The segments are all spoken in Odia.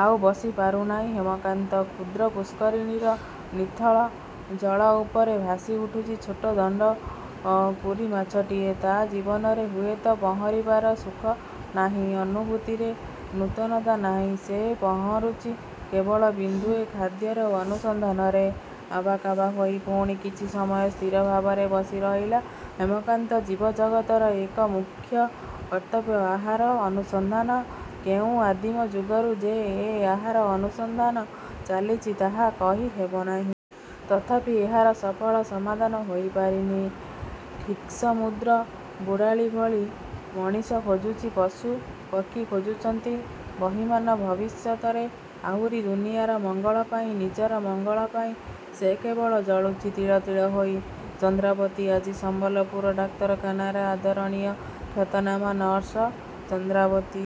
ଆଉ ବସି ପାରୁନାହିଁ ହେମକାନ୍ତ। କ୍ଷୁଦ୍ର ପୁଷ୍କରିଣୀର ନିଥଳ ଜଳ ଉପରେ ଭାସିଉଠୁଛି ଛୋଟ ଦଣ୍ଡ କୁରୀ ମାଛଟିଏ। ତା' ଜୀବନରେ ହୁଏତ ପହଁରିବାର ସୁଖ ନାହିଁ ଅନୁଭୂତିରେ ନୂତନତା ନାହିଁ ସେ ପହଁରୁଛି କେବଳ ବିନ୍ଦୁଏ ଖାଦ୍ୟର ଅନୁସନ୍ଧାନରେ। ଆବାକାବା ହୋଇ ପୁଣି କିଛି ସମୟ ସ୍ଥିର ଭାବରେ ବସି ରହିଲା ହେମକାନ୍ତ ଜୀବ ଜଗତର ଏକ ମୁଖ୍ୟ କର୍ତ୍ତବ୍ୟ ଆହାର ଅନୁସନ୍ଧାନ କେଉଁ ଆଦିମ ଯୁଗରୁ ଯେ ଏ ଆହାର ଅନୁସନ୍ଧାନ ଚାଲିଛି ତାହା କହି ହେବନାହିଁ। ତଥାପି ଏହାର ସଫଳ ସମାଧାନ ହୋଇପାରିନି। ଠିକ୍ସମୁଦ୍ର ବୁଡ଼ାଳି ଭଳି ମଣିଷ ଖୋଜୁଛି ପଶୁ ପକ୍ଷୀ ଖୋଜୁଛନ୍ତି। ବହ୍ନିମାନ ଭବିଷ୍ୟତରେ ଆହୂରି । ଦୁନିଆଁର ମଙ୍ଗଳ ପାଇଁ ନିଜର ମଙ୍ଗଳ ପାଇଁ ସେ କେବଳ ଜଳୁଛି ତିଳ ତିଳ ହୋଇ। ଚନ୍ଦ୍ରାବତୀ ଆଜି ସମ୍ବଲପୁର ଡାକ୍ତରଖାନାରେ ଆଦରଣୀୟ ଖ୍ୟାତନାମା ନର୍ସ ଚନ୍ଦ୍ରାବତୀ।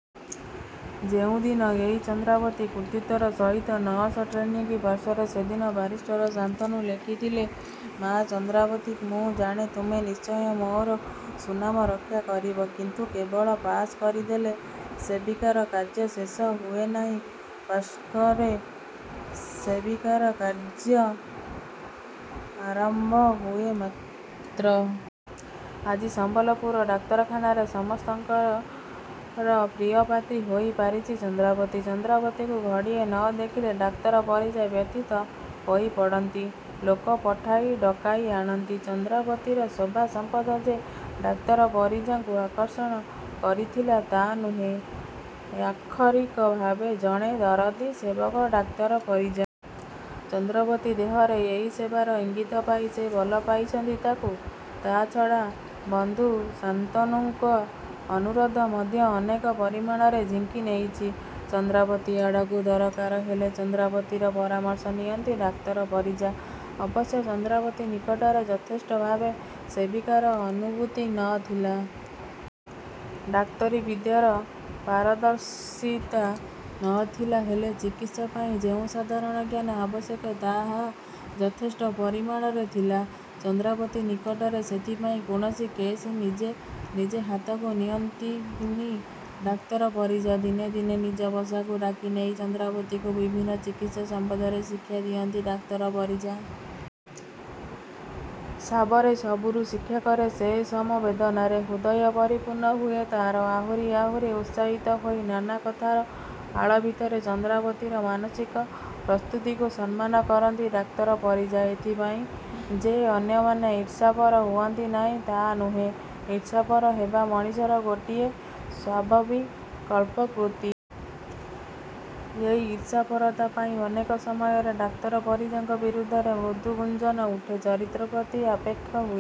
ଯେଉଁଦିନ ଏଇ ଚନ୍ଦ୍ରାବତୀ କୃତୀତ୍ୱର ସହିତ ନର୍ସ ଟ୍ରେନିଂ ପାଶ୍କଲା ସେଦିନ ବାରିଷ୍ଟର ଶାନ୍ତନୁ ଲେଖିଥିଲେ"ମା ଚନ୍ଦ୍ରାବତୀ! ମୁଁ ଜାଣେ ତୁମେ ନିଶ୍ଚୟ ମୋର ସୁନାମ ରକ୍ଷା କରିବ। କିନ୍ତୁ କେବଳ ପାଶ୍ କରିଦେଲେ ସେବିକାର କାର୍ଯ୍ୟ ଶେଷ ହୁଏନାହିଁ। ପାଶ୍କଲେ ସେବିକାର କାର୍ଯ୍ୟ ଆରମ୍ଭ ହୁଏ ମାତ୍ର। ଆଜି ସମ୍ଭଲପୁର ଡାକ୍ତରଖାନାରେ ସମସ୍ତଙ୍କର ପ୍ରିୟପାତ୍ରୀ ହୋଇ ପାରିଛି ଚନ୍ଦ୍ରାବତୀ। ଚନ୍ଦ୍ରାବତୀକୁ ଘଡ଼ିଏ ନ ଦେଖିଲେ ଡାକ୍ତର ପରିଜା ବ୍ୟଥିତ ହୋଇ ପଡ଼ନ୍ତି। ଲୋକ ପଠାଇ ଡ଼କାଇ ଆଣନ୍ତି। ଚନ୍ଦ୍ରାବତୀର ଶୋଭା ସମ୍ପଦ ଯେ ଡାକ୍ତର ପରିଜାଙ୍କୁ ଆକର୍ଷଣ କରିଥିଲା ତା' ନୁହେଁ ଆକ୍ଷରିକ ଭାବେ ଜଣେ ଦରଦୀ ସେବକ ଡାକ୍ତର ପରିଜା। ଚନ୍ଦ୍ରାବତୀ ଦେହରେ ଏଇ ସେବାର ଇଙ୍ଗୀତ ପାଇ ସେ ଭଲ ପାଇଛନ୍ତି ତାକୁ। ତା'ଛଡ଼ା ବନ୍ଧୁ ଶାନ୍ତନୁଙ୍କ ଅନୁରୋଧ ମଧ୍ୟ ଅନେକ ପରିମାଣରେ ଝିଙ୍କି ନେଇଛି ଚନ୍ଦ୍ରାବତୀ ଆଡ଼କୁ। ଦରକାର ହେଲେ ଚନ୍ଦ୍ରାବତୀର ପରାମର୍ଶ ନିଅନ୍ତି ଡାକ୍ତର ପରିଜା। ଅବଶ୍ୟ ଚନ୍ଦ୍ରାବତୀ ନିକଟରେ ଯଥେଷ୍ଟ ଭାବେ ସେବିକାର ଅନୁଭୁତି ନ ଥିଲା। ଡାକ୍ତରୀ ବିଦ୍ୟାର ପାରଦର୍ଶିତା ନ ଥିଲା ହେଲେ ଚିକିତ୍ସା ପାଇଁ ଯେଉଁ ସାଧାରଣ ଜ୍ଞାନ ଆବଶ୍ୟକ ତାହା ଯଥେଷ୍ଟ ପରିମାଣରେ ଥିଲା ଚନ୍ଦ୍ରାବତୀ ନିକଟରେ। ସେଥିପାଇଁ କୌଣସି କେସ୍ ନିଜେ ନିଜେ ହାତକୁ ନିଅନ୍ତିନି ଡାକ୍ତର ପରିଜା। ଦିନେ ଦିନେ ନିଜ ବସାକୁ ଡ଼ାକିନେଇ ଚନ୍ଦ୍ରାବତୀକୁ ବିଭିନ୍ନ ଚିକିତ୍ସା ସମ୍ବନ୍ଧରେ ଶିକ୍ଷା ଦିଅନ୍ତି ଡାକ୍ତର ପରିଜା। ସାବରେ ସବୁରୁ ଶିକ୍ଷାକରେ ସେ। ସମବେଦନାରେ ହୃଦୟ ପରିପୂର୍ଣ୍ଣ ହୁଏ ତା'ର। ଆହୁରି ଆହୁରି ଉତ୍ସାହିତ ହୋଇ ନାନା କଥାର ଆଳ ଭିତରେ ଚନ୍ଦ୍ରାବତୀର ମାନସିକ ପ୍ରସ୍ତୁତିକୁ ସମ୍ମାନ କରନ୍ତି ଡାକ୍ତର ପରିଜା। ଏଥିପାଇଁ ଯେ ଅନ୍ୟମାନେ ଈର୍ଷାପର ହୁଅନ୍ତି ନାହିଁ ତା'ନୁହେଁ। ଈର୍ଷାପର ହେବା ମଣିଷର ଗୋଟିଏ ସ୍ୱଭାବିକ୍ପ୍ରକୃତି। ଏଇ ଈର୍ଷାପରତା ପାଇଁ ଅନେକ ସମୟରେ ଡାକ୍ତର ପରିଜାଙ୍କ ବିରୁଦ୍ଧରେ ମୃଦୁଗୁଞ୍ଜନ ଉଠେ। ଚରିତ୍ର ପ୍ରତି ଆକ୍ଷେପ ହୁଏ।